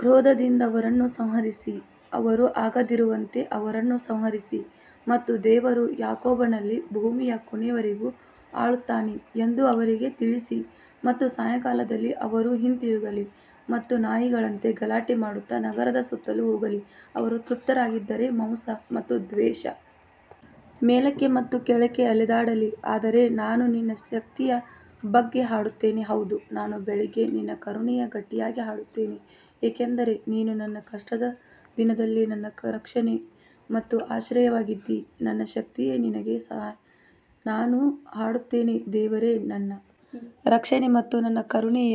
ಕ್ರೋಧದಿಂದ ಅವರನ್ನು ಸಂಹರಿಸಿ, ಅವರು ಆಗದಿರುವಂತೆ ಅವರನ್ನು ಸಂಹರಿಸಿ ಮತ್ತು ದೇವರು ಯಾಕೋಬನಲ್ಲಿ ಭೂಮಿಯ ಕೊನೆಯವರೆಗೂ ಆಳುತ್ತಾನೆ ಎಂದು ಅವರಿಗೆ ತಿಳಿಸಿ ಮತ್ತು ಸಾಯಂಕಾಲದಲ್ಲಿ ಅವರು ಹಿಂತಿರುಗಲಿ ಮತ್ತು ನಾಯಿಯಂತೆ ಗಲಾಟೆ ಮಾಡುತ್ತಾ ನಗರದ ಸುತ್ತಲೂ ಹೋಗಲಿ ಅವರು ತೃಪ್ತರಾಗದಿದ್ದರೆ ಮಾಂಸ ಮತ್ತು ದ್ವೇಷ ಮೇಲಕ್ಕೆ ಮತ್ತು ಕೆಳಕ್ಕೆ ಅಲೆದಾಡಲಿ ಆದರೆ ನಾನು ನಿನ್ನ ಶಕ್ತಿಯ ಬಗ್ಗೆ ಹಾಡುತ್ತೇನೆ ಹೌದು ನಾನು ಬೆಳಿಗ್ಗೆ ನಿನ್ನ ಕರುಣೆಯನ್ನು ಗಟ್ಟಿಯಾಗಿ ಹಾಡುತ್ತೇನೆ ಏಕೆಂದರೆ ನೀನು ನನ್ನ ಕಷ್ಟದ ದಿನದಲ್ಲಿ ನನ್ನ ರಕ್ಷಣೆ ಮತ್ತು ಆಶ್ರಯವಾಗಿದ್ದಿ ನನ್ನ ಶಕ್ತಿಯೇ ನಿನಗೆ ನಾನು ಹಾಡುತ್ತೇನೆ ದೇವರೇ ನನ್ನ ರಕ್ಷಣೆ ಮತ್ತು ನನ್ನ ಕರುಣೆಯ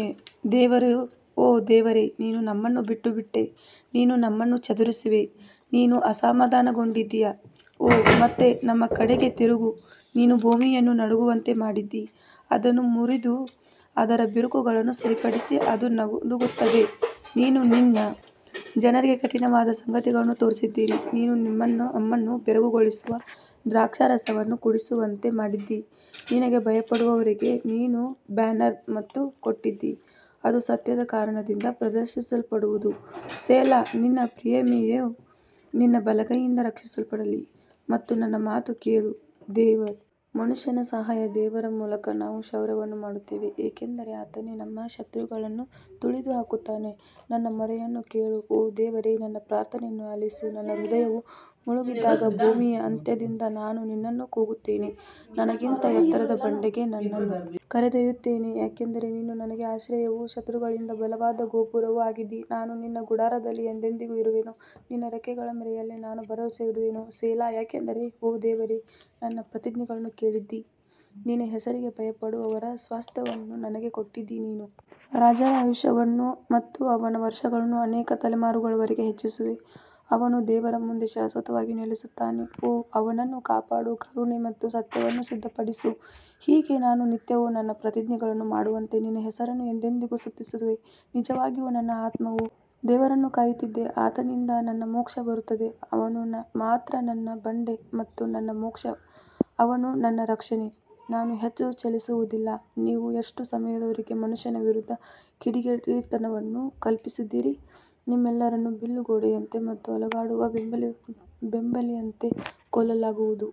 ದೇವರು ಓ ದೇವರೇ ನೀನು ನಮ್ಮನ್ನು ಬಿಟ್ಟುಬಿಟ್ಟೆ ನೀನು ನಮ್ಮನ್ನು ಚದುರಿಸಿರುವೆ ನೀನು ಅಸಮಾಧಾನಗೊಂಡಿದ್ದೀ ಓ ಮತ್ತೆ ನಮ್ಮ ಕಡೆಗೆ ತಿರುಗು ನೀನು ಭೂಮಿಯನ್ನು ನಡುಗುವಂತೆ ಮಾಡಿದ್ದೀ, ಅದನ್ನು ಮುರಿದು ಅದರ ಬಿರುಕುಗಳನ್ನು ಸರಿಪಡಿಸಿ, ಅದು ನಡುಗುತ್ತದೆ ನೀನು ನಿನ್ನ ಜನರಿಗೆ ಕಠಿಣವಾದ ಸಂಗತಿಗಳನ್ನು ತೋರಿಸಿದ್ದೀ, ನೀನು ನಮ್ಮನ್ನು ಬೆರಗುಗೊಳಿಸುವ ದ್ರಾಕ್ಷಾರಸವನ್ನು ಕುಡಿಯುವಂತೆ ಮಾಡಿದಿ ನಿನಗೆ ಭಯಪಡುವವರಿಗೆ ನೀನು ಬ್ಯಾನರ್ ಅನ್ನು ಕೊಟ್ಟಿದ್ದೀ, ಅದು ಸತ್ಯದ ಕಾರಣದಿಂದ ಪ್ರದರ್ಶಿಸಲ್ಪಡಬಹುದು ಸೆಲಾ ನಿನ್ನ ಪ್ರಿಯತಮೆಯು ನಿನ್ನ ಬಲಗೈಯಿಂದ ರಕ್ಷಿಸಲ್ಪಡಲಿ ಮತ್ತು ನನ್ನ ಮಾತು ಕೇಳು ದೇವರು ಮನುಷ್ಯನ ಸಹಾಯ ದೇವರ ಮೂಲಕ ನಾವು ಶೌರ್ಯವನ್ನು ಮಾಡುತ್ತೇವೆ ಏಕೆಂದರೆ ಆತನೇ ನಮ್ಮ ಶತ್ರುಗಳನ್ನು ತುಳಿದು ಹಾಕುತ್ತಾನೆ ನನ್ನ ಮೊರೆಯನ್ನು ಕೇಳು ಓ ದೇವರೇ ನನ್ನ ಪ್ರಾರ್ಥನೆಯನ್ನು ಆಲಿಸು ನನ್ನ ಹೃದಯವು ಮುಳುಗಿದಾಗ ಭೂಮಿಯ ಅಂತ್ಯದಿಂದ ನಾನು ನಿನ್ನನ್ನು ಕೂಗುತ್ತೇನೆ, ನನಗಿಂತ ಎತ್ತರದ ಬಂಡೆಗೆ ನನ್ನನ್ನು ಕರೆದೊಯ್ಯುತ್ತೇನೆ ಯಾಕಂದರೆ ನೀನು ನನಗೆ ಆಶ್ರಯವೂ ಶತ್ರುಗಳಿಂದ ಬಲವಾದ ಗೋಪುರವೂ ಆಗಿದ್ದೀ ನಾನು ನಿನ್ನ ಗುಡಾರದಲ್ಲಿ ಎಂದೆಂದಿಗೂ ಇರುವೆನು ನಿನ್ನ ರೆಕ್ಕೆಗಳ ಮರೆಯಲ್ಲಿ ನಾನು ಭರವಸವಿಡುವೆನು ಸೆಲಾ ಯಾಕಂದರೆ ಓ ದೇವರೇ ನನ್ನ ಪ್ರತಿಜ್ಞೆಗಳನ್ನು ಕೇಳಿದ್ದೀ, ನಿನ್ನ ಹೆಸರಿಗೆ ಭಯಪಡುವವರ ಸ್ವಾಸ್ತ್ಯವನ್ನು ನನಗೆ ಕೊಟ್ಟಿದ್ದೀ ನೀನು ರಾಜರ ಆಯುಷ್ಯವನ್ನು ಮತ್ತು ಅವನ ವರ್ಷಗಳನ್ನು ಅನೇಕ ತಲೆಮಾರುಗಳವರೆಗೆ ಹೆಚ್ಚಿಸುವೆ ಅವನು ದೇವರ ಮುಂದೆ ಶಾಶ್ವತವಾಗಿ ನೆಲೆಸುತ್ತಾನೆ ಓ ಅವನನ್ನು ಕಾಪಾಡುವ ಕರುಣೆ ಮತ್ತು ಸತ್ಯವನ್ನು ಸಿದ್ಧಪಡಿಸು ಹೀಗೆ ನಾನು ನಿತ್ಯವೂ ನನ್ನ ಪ್ರತಿಜ್ಞೆಗಳನ್ನು ಮಾಡುವಂತೆ ನಿನ್ನ ಹೆಸರನ್ನು ಎಂದೆಂದಿಗೂ ಸ್ತುತಿಸುತ್ತೇನೆ ನಿಜವಾಗಿಯೂ ನನ್ನ ಆತ್ಮವು ದೇವರನ್ನು ಕಾಯುತ್ತಿದೆ ಆತನಿಂದ ನನ್ನ ಮೋಕ್ಷ ಬರುತ್ತದೆ ಅವನು ಮಾತ್ರ ನನ್ನ ಬಂಡೆ ಮತ್ತು ನನ್ನ ಮೋಕ್ಷ ಅವನು ನನ್ನ ರಕ್ಷಣೆ, ನಾನು ಹೆಚ್ಚು ಚಲಿಸುವುದಿಲ್ಲ ನೀವು ಎಷ್ಟು ಸಮಯದವರೆಗೆ ಮನುಷ್ಯನ ವಿರುದ್ಧ ಕಿಡಿಗೇಡಿತನವನ್ನು ಕಲ್ಪಿಸುತ್ತೀರಿ, ನಿಮ್ಮೆಲ್ಲರನ್ನು ಬಿಲ್ಲು ಗೋಡೆಯಂತೆ ಮತ್ತು ಅಲುಗಾಡುವ ಬೇಲಿಯಂತೆ ಕೊಲ್ಲಲಾಗುವುದು